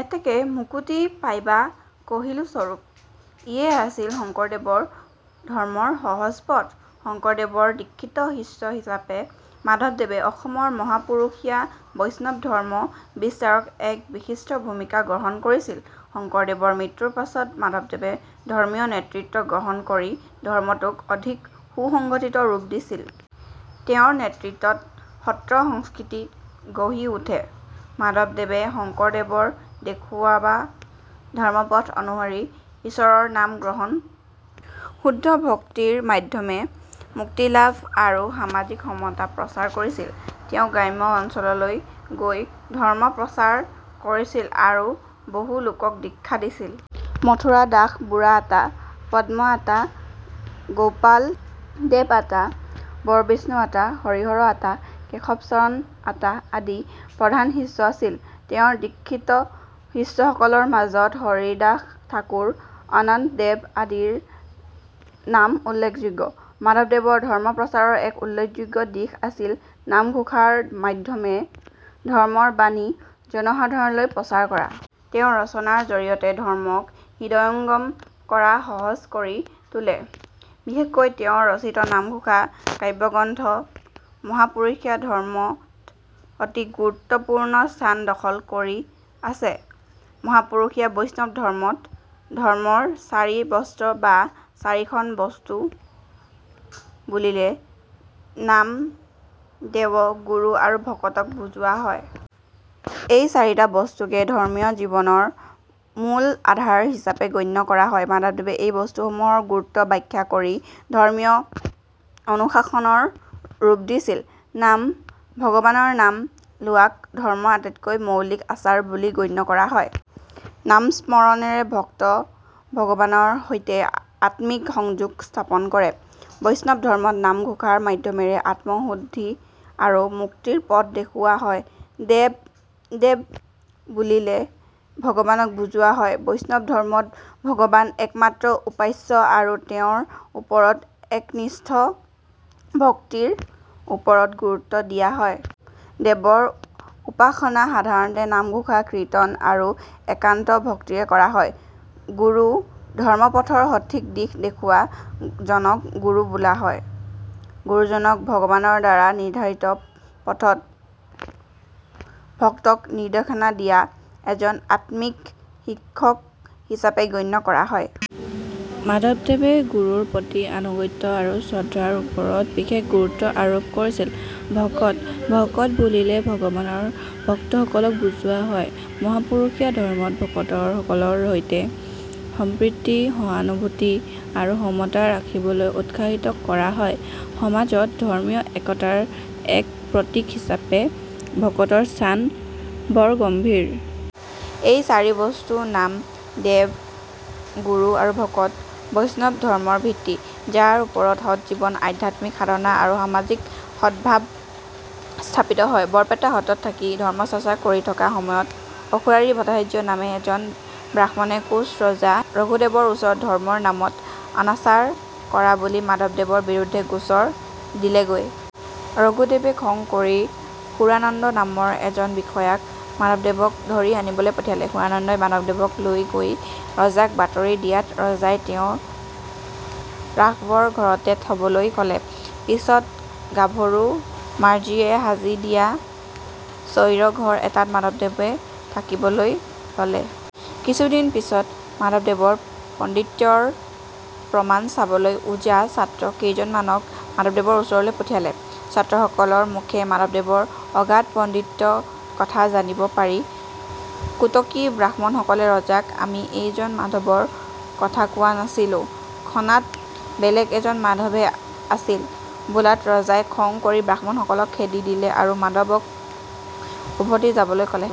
এতেকে মুকুতি পাইবা কহিলো স্বৰূপ।। '' ইয়ে আছিল শংকৰদেৱৰ ধৰ্মৰ সহজ পথ। শংকৰদেৱ ৰ দীক্ষিত শিষ্য হিচাপে মাধৱদেৱে অসমৰ মহাপুৰুষীয়া বৈষ্ণৱ ধৰ্ম বিস্তাৰত এক বিশিষ্ট ভূমিকা গ্ৰহণ কৰিছিল। শংকৰদেৱৰ মৃত্যুৰ পিছত মাধৱদেৱে ধৰ্মীয় নেতৃত্ব গ্ৰহণ কৰি ধৰ্মটোক অধিক সুসংগঠিত ৰূপ দিছিল। তেওঁৰ নেতৃত্বত সত্ৰ সংস্কৃতি গঢ়ি উঠে। মাধৱদেৱে শংকৰদেৱৰ দেখুৱোৱা ধৰ্মপথ অনুসৰি ঈশ্বৰৰ নাম গ্ৰহণ, শুদ্ধ ভক্তিৰ মাধ্যমে মুক্তিলাভ আৰু সামাজিক সমতা প্ৰচাৰ কৰিছিল। তেওঁ গ্ৰাম্য অঞ্চললৈ গৈ ধৰ্ম প্ৰচাৰ কৰিছিল আৰু বহু লোকক দীক্ষা দিছিল। মথুৰা দাস বুঢ়া আতা, পদ্ম আতা ,গোপালদেৱ আতা, বৰবিষ্ণু আতা, হৰিহৰ আতা, কেশৱচৰণ আতা আদি প্ৰধান শিষ্য আছিল। তেওঁৰ দীক্ষিত শিষ্যসকলৰ মাজত হৰিদাস ঠাকুৰ, অনন্ত দেৱ আদিৰ নাম উল্লেখযোগ্য। মাধৱদেৱৰ ধৰ্ম প্ৰচাৰৰ এক উল্লেখযোগ্য দিশ আছিল নামঘোষাৰ মাধ্যমে ধৰ্মৰ বাণী জনসাধাৰণলৈ প্ৰচাৰ কৰা। তেওঁ ৰচনাৰ জৰিয়তে ধৰ্মক হৃদয়ঙ্গম কৰা সহজ কৰি তোলে। বিশেষকৈ তেওঁৰ ৰচিত নামঘোষা কাব্যগ্ৰন্থখন মহাপুৰুষীয়া ধৰ্মত অতি গুৰুত্বপূৰ্ণ স্থান দখল কৰি আছে। মহাপুৰুষীয়া বৈষ্ণৱ ধৰ্মত "ধৰ্মৰ চাৰি বস্তু" বা "চাৰিখন বস্তু" বুলিলে নাম, দেৱ, গুৰু আৰু ভকতক বুজোৱা হয়। এই চাৰিটা বস্তুকে ধৰ্মীয় জীৱনৰ মূল আধাৰ হিচাপে গণ্য কৰা হয়। মাধৱদেৱে এই বস্তুসমূহৰ গুৰুত্ব ব্যাখ্যা কৰি ধৰ্মীয় অনুশাসনৰ ৰূপ দিছিল। নাম: ভগৱানৰ নাম লোৱাক ধৰ্মৰ আটাইতকৈ মৌলিক আচাৰ বুলি গণ্য কৰা হয়। নাম-স্মৰণেৰে ভক্ত ভগৱানৰ সৈতে আত্মিক সংযোগ স্থাপন কৰে। বৈষ্ণৱ ধৰ্মত নাম-ঘোষাৰ মাধ্যৰে আত্মশুদ্ধি আৰু মুক্তিৰ পথ দেখুওৱা হয়। দেৱ: দেৱ বুলিলে ভগৱানক বুজোৱা হয়। বৈষ্ণৱ ধৰ্মত ভগৱান একমাত্ৰ উপাস্য, আৰু তেওঁৰ ওপৰত একনিষ্ঠ ভক্তিৰ ওপৰত গুৰুত্ব দিয়া হয়। দেৱৰ উপাসনা সাধাৰণতে নামঘোষা, কীৰ্তন, আৰু একান্ত ভক্তিৰে কৰা হয়। গুৰু: ধৰ্মপথৰ সঠিক দিশ দৰ্শোৱা জনক গুৰু বোলা হয়। গুৰুজনক ভগৱানৰ দ্বাৰা নিৰ্ধাৰিত পথত ভক্তক নিৰ্দেশনা দিয়া এজন আধ্যাত্মিক শিক্ষক হিচাপে গণ্য কৰা হয়। মাধৱদেৱে গুৰুৰ প্ৰতি আনুগত্য আৰু শ্ৰদ্ধাৰ ওপৰত বিশেষ গুৰুত্ব আৰোপ কৰিছিল। ভকত: ভকত বুলিলে ভগৱানৰ ভক্তসকলক বুজোৱা হয়। মহাপুৰুষীয়া ধৰ্মত ভকতসকলৰ সৈতে সম্প্ৰীতি, সহানুভূতি আৰু সমতা ৰাখিবলৈ উৎসাহিত কৰা হয়। সমাজত ধৰ্মীয় একতাৰ এক প্ৰতীক হিচাপে ভকতৰ স্থান বৰগম্ভীৰ। এই চাৰি বস্তু — নাম, দেৱ, গুৰু আৰু ভকত — বৈষ্ণৱ ধৰ্মৰ ভিত্তি, যাৰ ওপৰত সৎ জীৱন, আধ্যাত্মিক সাধনা আৰু সামাজিক সদভাৱ স্থাপিত হয়। বৰপেটা সত্ৰত থাকি ধৰ্মচৰ্চা কৰি থকা সময়ত অসুৰাৰি ভট্টাচাৰ্য নামে এজন ব্ৰাহ্মণে কোচ ৰজা ৰঘুদেৱৰ ওচৰত ধৰ্মৰ নামত অনাচাৰ কৰা বুলি মাধৱদেৱৰ বিৰুদ্ধে গোচৰ দিলেগৈ। ৰঘুদেৱে খং কৰি সুৰানন্দ নামৰ এজন বিষয়াক মাধৱক ধৰি আনিবলৈ পঠিয়ালে। সুৰানন্দই মাধৱদেৱক লৈ গৈ ৰজাক বাতৰি দিয়াত ৰজাই তেওঁক ৰাঘৱৰ ঘৰতে থ'বলৈ ক'লে। পিছত গাভৰু মাঝিয়ে সাজি দিয়া চৈৰ ঘৰ এটাত মাধৱদেৱ থাকিবলৈ ল'লে। কিছুদিন পিছত মাধৱদেৱৰ পাণ্ডিত্যৰ প্ৰমাণ চাবলৈ ওজা ছাত্ৰ কেইজনমানক মাধৱদেৱৰ ওচৰলৈ পঠিয়ালে। ছাত্ৰসকলৰ মুখে মাধৱদেৱৰ অগাধ পাণ্ডিত্য কথা জানিব পাৰি কুতৰ্কী ব্ৰাহ্মণসকলে ৰজাক "আমি এইজন মাধৱৰ কথা কোৱা নাছিলোঁ, খনাত বেলেগ এজন মাধৱহে আছিল'' বোলাত ৰজাই খং কৰি ব্ৰাহ্মণসকলক খেদি দিলে আৰু মাধৱদেৱক উভতি যাবলৈ ক'লে।